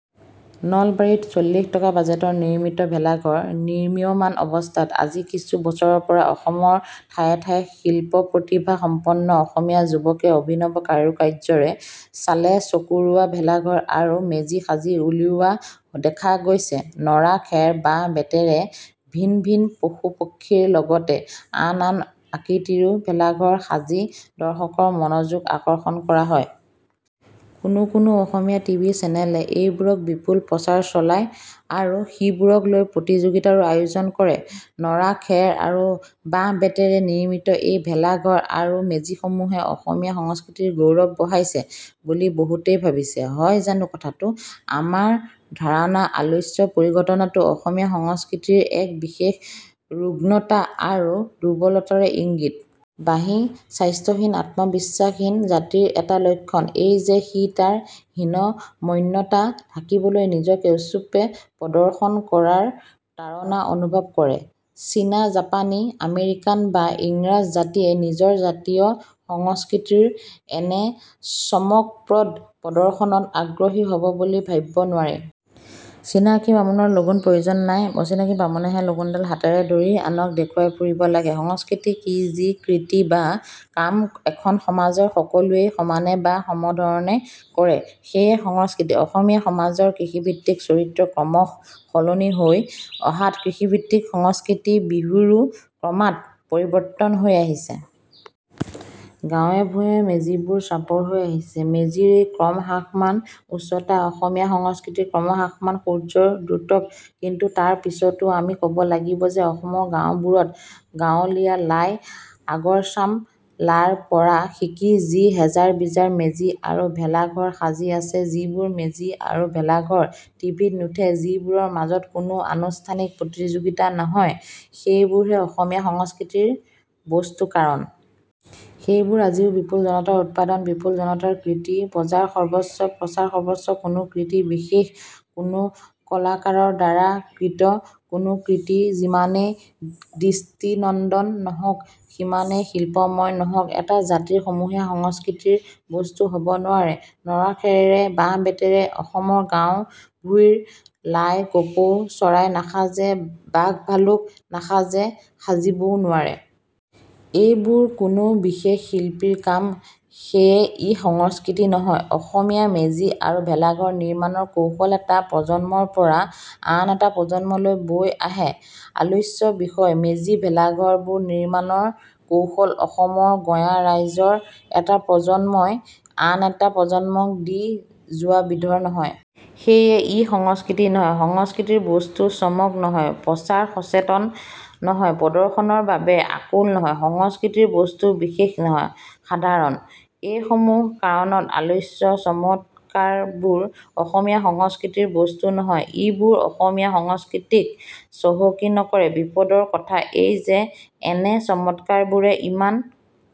নলবাৰীত চল্লিশ টকাৰ বাজেটেৰে নিৰ্মিত ভেলাঘৰ নিৰ্মীয়মাণ অৱস্থাত। আজি কিছু বছৰৰ পৰা অসমৰ ঠায়ে ঠায়ে শিল্পপ্ৰতিভাসম্পন্ন অসমীয়া যুৱকে অভিনৱ কাৰুকাৰ্যৰে চালে চকুৰোৱা ভেলাঘৰ আৰু মেজি সাজি উলিওৱা দেখা গৈছে। নৰা, খেৰ বাঁহ বেতেৰে ভিন ভিন পশুপক্ষীৰ লগতে আন আন আকৃতিৰো ভেলাঘৰ সাজি দৰ্শকৰ মনোযোগ আকৰ্ষণ কৰা হয়। কোনো কোনো অসমীয়া টিভি চেনেলে এইবোৰৰ বিপুল প্ৰচাৰ চলায় আৰু সিবোৰক লৈ প্ৰতিযোগিতাৰো আয়োজন কৰে। নৰা খেৰ আৰু বাঁহবেতেৰে নিৰ্মিত এই ভেলাঘৰ আৰু মেজিসমূহে অসমীয়া সংস্কৃতিৰ গৌৰৱ বঢ়াইছে বুলি বহুতেই ভাবিছে । হয় জানো কথাটো, আমাৰ ধাৰণা আলোচ্য পৰিঘটনাটো অসমীয়া সংস্কৃতিৰ এক বিশেষ ৰুগ্নতা আৰু দুৰ্বলতাৰেই ইংগিত। বাহী স্বাস্থ্যহীন আত্মবিশ্বাসহীন জাতিৰ এটা লক্ষণ এই যে সি তাৰ হীনমন্যতা ঢাকিবলৈ নিজক উচ্চূপে প্ৰদৰ্শন কৰাৰ তাড়না অনুভৱ কৰে। চীনা জাপানী আমেৰিকান বা ইংৰাজ জাতিয়ে নিজৰ জাতীয় সংস্কৃতিৰ এনে চমকপ্ৰদ প্ৰদৰ্শনত আগ্ৰহী হব বুলি ভাবিব নোৱাৰি। চিনাকি বামুণৰ লগুণৰ প্ৰয়োজন নাই। অচিনাকি বামুণেহে লগুণডাল হাতেৰে ধৰি আনক দেখুৱাই ফুৰিব লাগে। সংস্কৃতি কি যি কৃতি বা কাম এখন সমাজৰ সকলোৱেই সমানে বা সমধৰণে কৰে সেয়ে সংস্কৃতি ।অসমীয়া সমাজৰ কৃষিভিত্তিক চৰিত্ৰ ক্ৰমশঃ সলনি হৈ অহাত কৃষিভিত্তিক সংস্কৃতি বিহুৰো ক্ৰমাৎ পৰিৱৰ্তন হৈ আহিছে। গাঁৱেভূঁয়ে মেজিবোৰ চাপৰ হৈ আহিছে। মেজিৰ এই ক্ৰম হ্ৰাসমান উচ্চতা অসমীয়া সংস্কৃতিৰ ক্ৰমহ্ৰাসমান শৌৰ্য্যৰ দ্যোতক কিন্তু তাৰ পিছতো আমি কব লাগিব যে অসমৰ গাঁওবোৰত গাঁৱলীয়া লাই আগৰচাম লাৰ পৰা শিকি যি হেজাৰবিজাৰ মেজি আৰু ভেলাঘৰ সাজি আছে যিবোৰ মেজি আৰু ভেলাঘৰ টিভিত নুঠে, যিবোৰৰ মাজত কোনো আনুষ্ঠানিক প্ৰতিযোগিতা নহয় সেইবোৰহে অসমীয়া সংস্কৃতিৰ বস্তুকাৰণ । সেইবোৰ আজিও বিপুল জনতাৰ উৎপাদন, বিপুল জনতাৰ কৃতি বজাৰসৰ্বস্ব প্ৰচাৰসৰ্বস্ব। কোনো কৃতি বিশেষ কোনো কলাকাৰৰ দ্বাৰা কৃত ।কোনো কৃতি যিমানেই দৃষ্টিনন্দন নহওক যিমানেই শিল্পময় নহওক এটা জাতিৰ সমূহীয়া সংস্কৃতিৰ বস্তু হব নোৱাৰে। নৰাখেৰেৰে বাঁহবেতেৰে অসমৰ গাওঁভূঁইৰ লাই কপৌ চৰাই নাসাজে, বাঘভালুক নাসাজে ,সাজিব ও নোৱাৰে। এইবোৰ কোনো বিশেষ শিল্পীৰ কাম। সেয়ে ই সংস্কৃতি নহয়, অসমীয়া মেজি আৰু ভেলাঘৰ নিৰ্মাণৰ কৌশল এটা প্ৰজন্মৰ পৰা আন এটা প্ৰজন্মলৈ বৈ আহে। আলোচ্য বিশেষ, মেজি ভেলাঘৰবোৰ নিৰ্মাণৰ কৌশল অসমৰ গঞা ৰাইজৰ এটা প্ৰজন্মই আন এটা প্ৰজন্মক দি যোৱা বিধৰ নহয়। সেয়ে ই সংস্কৃতি নহয়। সংস্কৃতিৰ বস্তু চমক নহয়, প্ৰচাৰ সচেতন নহয় ,প্ৰদৰ্শনৰ বাবে আকুল নহয়, সংস্কৃতিৰ বস্তু বিশেষ নহয়, সাধাৰণ। এই সমূহ কাৰণত আলোচ্য চমৎকাৰবোৰ অসমীয়া সংস্কৃতিৰ বস্তু নহয়, ইবোৰে অসমীয়া সংস্কৃতিক চহকী নকৰে। বিপদৰ কথা এই যে এনে চমৎকাৰবোৰে ইমান